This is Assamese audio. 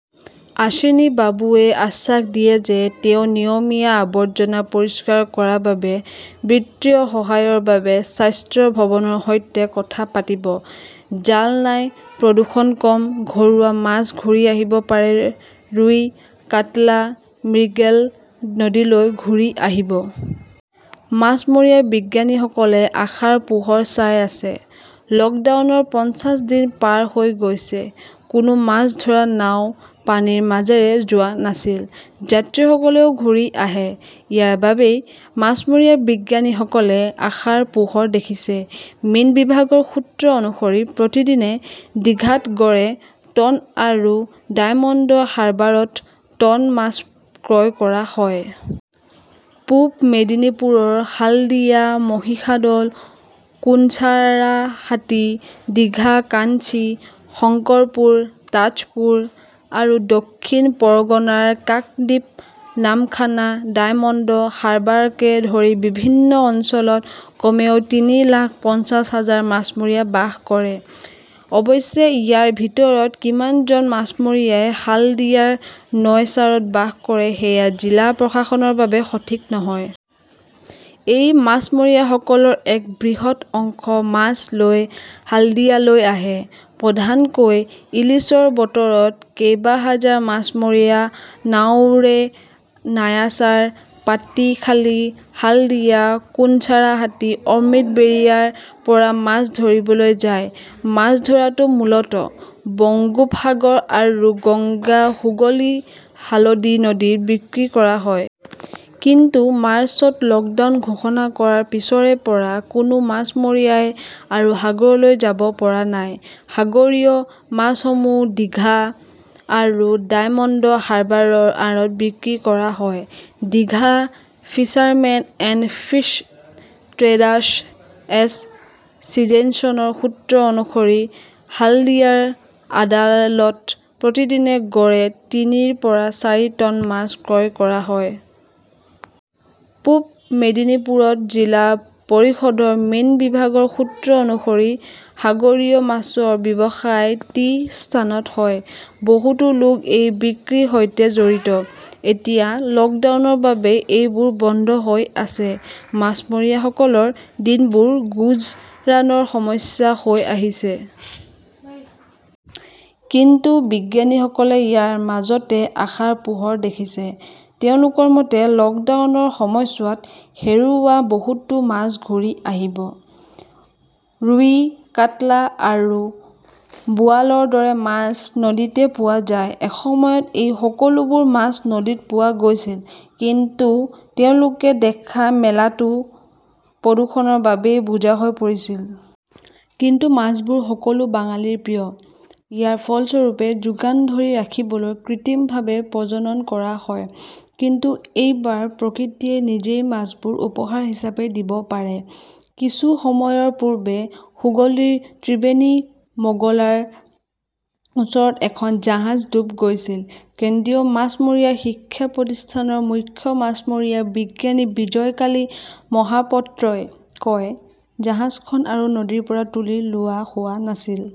অশ্বিনী বাবুৱে আশ্বাস দিয়ে যে তেওঁ নিয়মীয়া আৱৰ্জনা পৰিষ্কাৰ কৰাৰ বাবে বিত্তীয় সহায়ৰ বাবে স্বাস্থ্য ভৱনৰ সৈতে কথা পাতিব। জাল নাই, প্ৰদূষণ কম, ঘৰুৱা মাছ ঘূৰি আহিব পাৰে ৰুই, কাটলা, মিৰ্গেল নদীলৈ ঘূৰি আহিব। মাছমৰীয়া বিজ্ঞানীসকলে আশাৰ পোহৰ চাই আছে। লকডাউনৰ পঞ্চাশ দিন পাৰ হৈ গৈছে। কোনো মাছ ধৰা নাও পানীৰ মাজেৰে যোৱা নাছিল। যাত্ৰীসকলেও ঘূৰি আহে। ইয়াৰ বাবেই মাছমৰীয়া বিজ্ঞানীসকলে আশাৰ পোহৰ দেখিছে। মীন বিভাগৰ সূত্ৰ অনুসৰি প্ৰতিদিনে ডিঘাত গড়ে টন আৰু ডায়মণ্ড হাৰ্বাৰত টন মাছ ক্ৰয় কৰা হয়। পূৱ মেদিনীপুৰৰ হালদিয়া, মহিষাদল, কুঙ্কাৰাহাটি, ডিঘা, কান্থী, শংকৰপুৰ, তাজপুৰ আৰু দক্ষিণ পৰগনাৰ কাকদ্বীপ, নামখানা, ডায়মণ্ড হাৰ্বাৰকে ধৰি বিভিন্ন অঞ্চলত কমেও তিনি লাখ পঞ্চাশ হাজাৰ মাছমৰীয়াই বাস কৰে। অৱশ্যে, ইয়াৰ ভিতৰত কিমানজন মাছমৰীয়াই হালদিয়াৰ নয়চাৰত বাস কৰে সেয়া জিলা প্ৰশাসনৰ বাবে সঠিক নহয়। এই মাছমৰীয়াসকলৰ এক বৃহৎ অংশ মাছ লৈ হাল্ডিয়ালৈ আহে। প্ৰধানকৈ ইলিছৰ বতৰত কেইবাহাজাৰ মাছমৰীয়া নাওয়ে নায়াচাৰ, পাটিখালী, হালদিয়া, কুঙ্কৰাহাটি, অমৃতবেৰিয়াৰ পৰা মাছ ধৰিবলৈ যায়। মাছ ধৰাটো মূলতঃ বংগোপসাগৰ আৰু গংগা-হুগলী-হালদী নদীত বিক্ৰী কৰা হয়। কিন্তু মাৰ্চত লকডাউন ঘোষণা কৰাৰ পিছৰে পৰা কোনো মাছমৰীয়াই আৰু সাগৰলৈ যাব পৰা নাই। সাগৰীয় মাছসমূহ ডিঘা আৰু ডায়মণ্ড হাৰ্বাৰৰ আঁৰত বিক্ৰী কৰা হয়। Digha fishermen and fish traders এছ চিয়েশ্যনৰ সূত্ৰ অনুসৰি, হালদিয়াৰ আড়ালত প্ৰতিদিনে গড়ে তিনিৰ পৰা চাৰি টন মাছ ক্ৰয় কৰা হয়। পূব মেদিনীপুৰত জিলা পৰিষদৰ মীন বিভাগৰ সূত্ৰ অনুসৰি, সাগৰীয় মাছৰ ব্যৱসায় টি স্থানত হয়। বহুতো লোক এই বৃত্তিৰ সৈতে জড়িত। এতিয়া লকডাউনৰ বাবে এইবোৰ বন্ধ হৈ আছে। মাছমৰীয়াসকলৰ দিনবোৰ গুজৰাণৰ সমস্যা হৈ আহিছে। কিন্তু বিজ্ঞানীসকলে ইয়াৰ মাজতে আশাৰ পোহৰ দেখিছে। তেওঁলোকৰ মতে, লকডাউনৰ সময়ছোৱাত হেৰুওৱা বহুতো মাছ ঘূৰি আহিব। ৰুৱী, কাটলা, আৰু বোৱালৰ দৰে মাছ নদীতে পোৱা যায়। এসময়ত এই সকলোবোৰ মাছ নদীত পোৱা গৈছিল। কিন্তু তেওঁলোকে দেখা মেলাটো প্ৰদূষণৰ বাবেই বোজা হৈ পৰিছিল। কিন্তু মাছবোৰ সকলো বাঙালীৰ প্ৰিয়। ইয়াৰ ফলস্বৰূপে যোগান ধৰি ৰাখিবলৈ কৃত্ৰিমভাৱে প্ৰজনন কৰা হয়। কিন্তু এইবাৰ প্ৰকৃতিয়ে নিজেই মাছবোৰ উপহাৰ হিচাপে দিব পাৰে। কিছু সময়ৰ পূৰ্বে হুগলীৰ ত্ৰিবেণী মগৰাৰ ওচৰত এখন জাহাজ ডুব গৈছিল, কেন্দ্ৰীয় মাছমৰীয়া শিক্ষা প্ৰতিষ্ঠানৰ মুখ্য মাছমৰীয়া বিজ্ঞানী বিজয়কালী মহাপত্ৰই কয়। জাহাজখন আৰু নদীৰ পৰা তুলি লোৱা হোৱা নাছিল।